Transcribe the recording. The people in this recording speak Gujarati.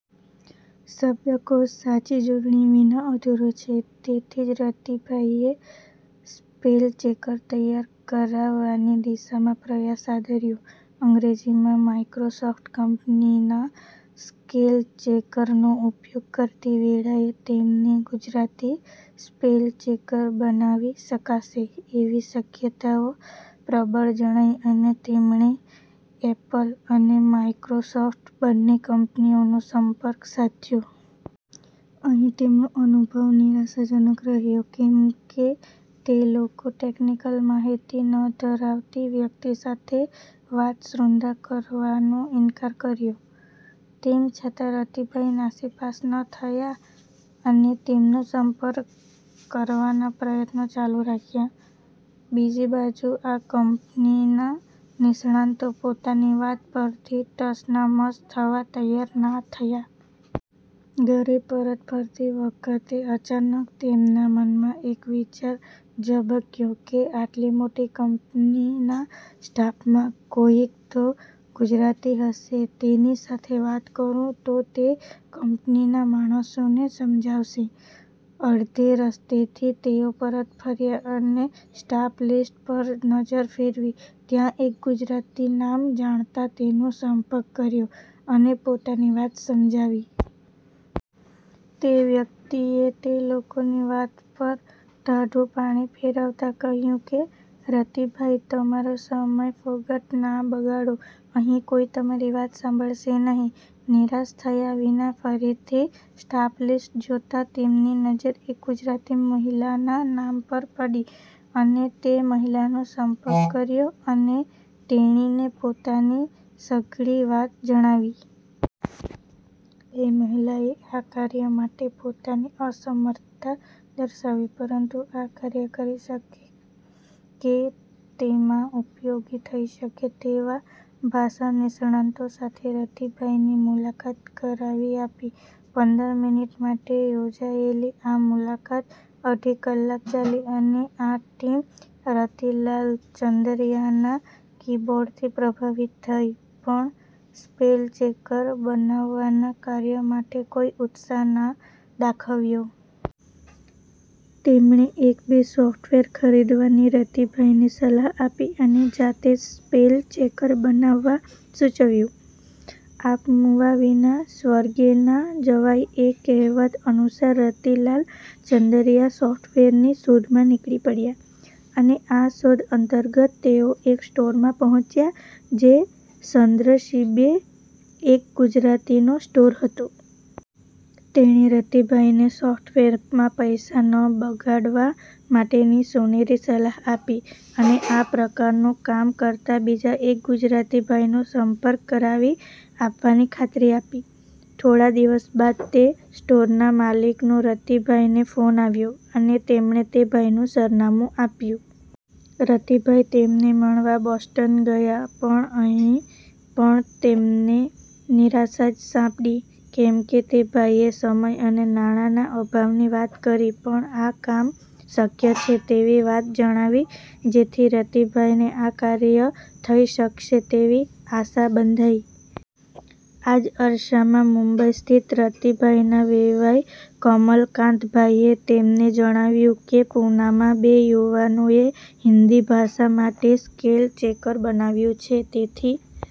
શબ્દકોશ સાચી જોડણી વિના અધૂરો છે તેથી જ રતિભાઈએ સ્પેલચેકર તૈયાર કરાવવાની દિશામાં પ્રયાસ આદર્યા. અંગ્રેજીમાં માઇક્રોસોફ્ટ કંપનીના સ્પેલચેકરનો ઉપયોગ કરતી વેળાએ તેમને ગુજરાતી સ્પેલચેકર બનાવી શકાશે એવી શક્યતાઓ પ્રબળ જણાઈ અને તેમણે એપલ અને માઇક્રોસોફ્ટ બન્ને કંપનીઓનો સંપર્ક સાધ્યો. અહીં તેમનો અનુભવ નિરાશાજનક રહ્યો કેમકે તે લોકો ટેક્નિકલ માહિતી ન ધરાવતી વ્યક્તિ સાથે વાત સુદ્ધાં કરવાનો ઇન્કાર કર્યો. તેમ છતાં રતિભાઈ નાસીપાસ ન થયા અને તેમનો સંપર્ક કરવાના પ્રયત્નો ચાલુ રાખ્યા. બીજી બાજુ આ કંપનીના નિષ્ણાતો પોતાની વાત પરથી ટસના મસ થવા તૈયાર ના થયા. ઘરે પરત ફરતી વખતે અચાનક તેમના મનમાં એક વિચાર ઝબકયો કે આટલી મોટી કંપનીના સ્ટાફમાં કોઈક તો ગુજરાતી હશે, તેની સાથે વાત કરું તો તે કંપનીના માણસોને સમજાવશે. અડધે રસ્તેથી તેઓ પરત ફર્યા અને સ્ટાફલિસ્ટ પર નજર ફેરવી, ત્યાં એક ગુજરાતી નામ જણાતાં તેનો સંપર્ક કર્યો અને પોતાની વાત સમજાવી. તે વ્યક્તિએ તે લોકોની વાત પર ટાઢું પાણી ફેરવતાં કહ્યું કે, રતિભાઈ તમારો સમય ફોગટ ના બગાડો, અહીં કોઈ તમારી વાત સાંભળશે નહીં. નિરાશ થયા વિના ફરીથી સ્ટાફલિસ્ટ જોતાં તેમની નજર એક ગુજરાતી મહિલાના નામ પર પડી અને તે મહિલાનો સંપર્ક કર્યો અને તેણીને પોતાની સઘળી વાત જણાવી. એ મહિલાએ આ કાર્ય માટે પોતાની અસમર્થતા દર્શાવી પરંતુ આ કાર્ય કરી શકે કે તેમાં ઉપયોગી થઈ શકે તેવા ભાષાનિષ્ણાતો સાથે રતિભાઈની મુલાકાત કરાવી આપી. પંદર મિનિટ માટે યોજાયેલી આ મુલાકાત અઢી કલાક ચાલી અને આ ટીમ રતિલાલ ચંદરયાના કીબોર્ડથી પ્રભાવિત થઈ પણ સ્પેલચેકર બનાવવાના કાર્ય માટે કોઈ ઉત્સાહ ના દાખવ્યો. તેમણે એક બે સોફ્ટવેર ખરીદવાની રતિભાઈને સલાહ આપી અને જાતે જ સ્પેલચેકર બનાવવા સૂચવ્યું. આપ મૂઆ વિના સ્વર્ગે ના જવાય એ કહેવત અનુસાર રતિલાલ ચંદરયા સોફ્ટવેરની શોધમાં નીકળી પડ્યા અને આ શોધ અંતર્ગત તેઓ એક સ્ટોરમાં પહોંચ્યા જે સદ્નસીબે એક ગુજરાતીનો સ્ટોર હતો. તેણે રતિભાઈને સોફ્ટવેરમાં પૈસા ન બગાડવા માટેની સોનેરી સલાહ આપી અને આ પ્રકારનું કામ કરતાં બીજા એક ગુજરાતીભાઈનો સંપર્ક કરાવી આપવાની ખાતરી આપી. થોડા દિવસ બાદ તે સ્ટોરના માલિકનો રતિભાઈને ફોન આવ્યો અને તેમણે તે ભાઈનું સરનામું આપ્યું. રતિભાઈ તેમને મળવા બોસ્ટન ગયા પણ અહીં પણ તેમને નિરાશા જ સાંપડી કેમકે તે ભાઈએ સમય અને નાણાંના અભાવની વાત કરી પણ આ કામ શક્ય છે તેવી વાત જણાવી જેથી રતિભાઈને આ કાર્ય થઈ શકશે તેવી આશા બંધાઈ. આ જ અરસામાં મુંબઈ સ્થિત રતિભાઈના વેવાઈ કમલકાંતભાઈએ તેમને જણાવ્યું કે પૂનામાં બે યુવાનોએ હિન્દી ભાષા માટે સ્પેલચેકર બનાવ્યું છે તેથી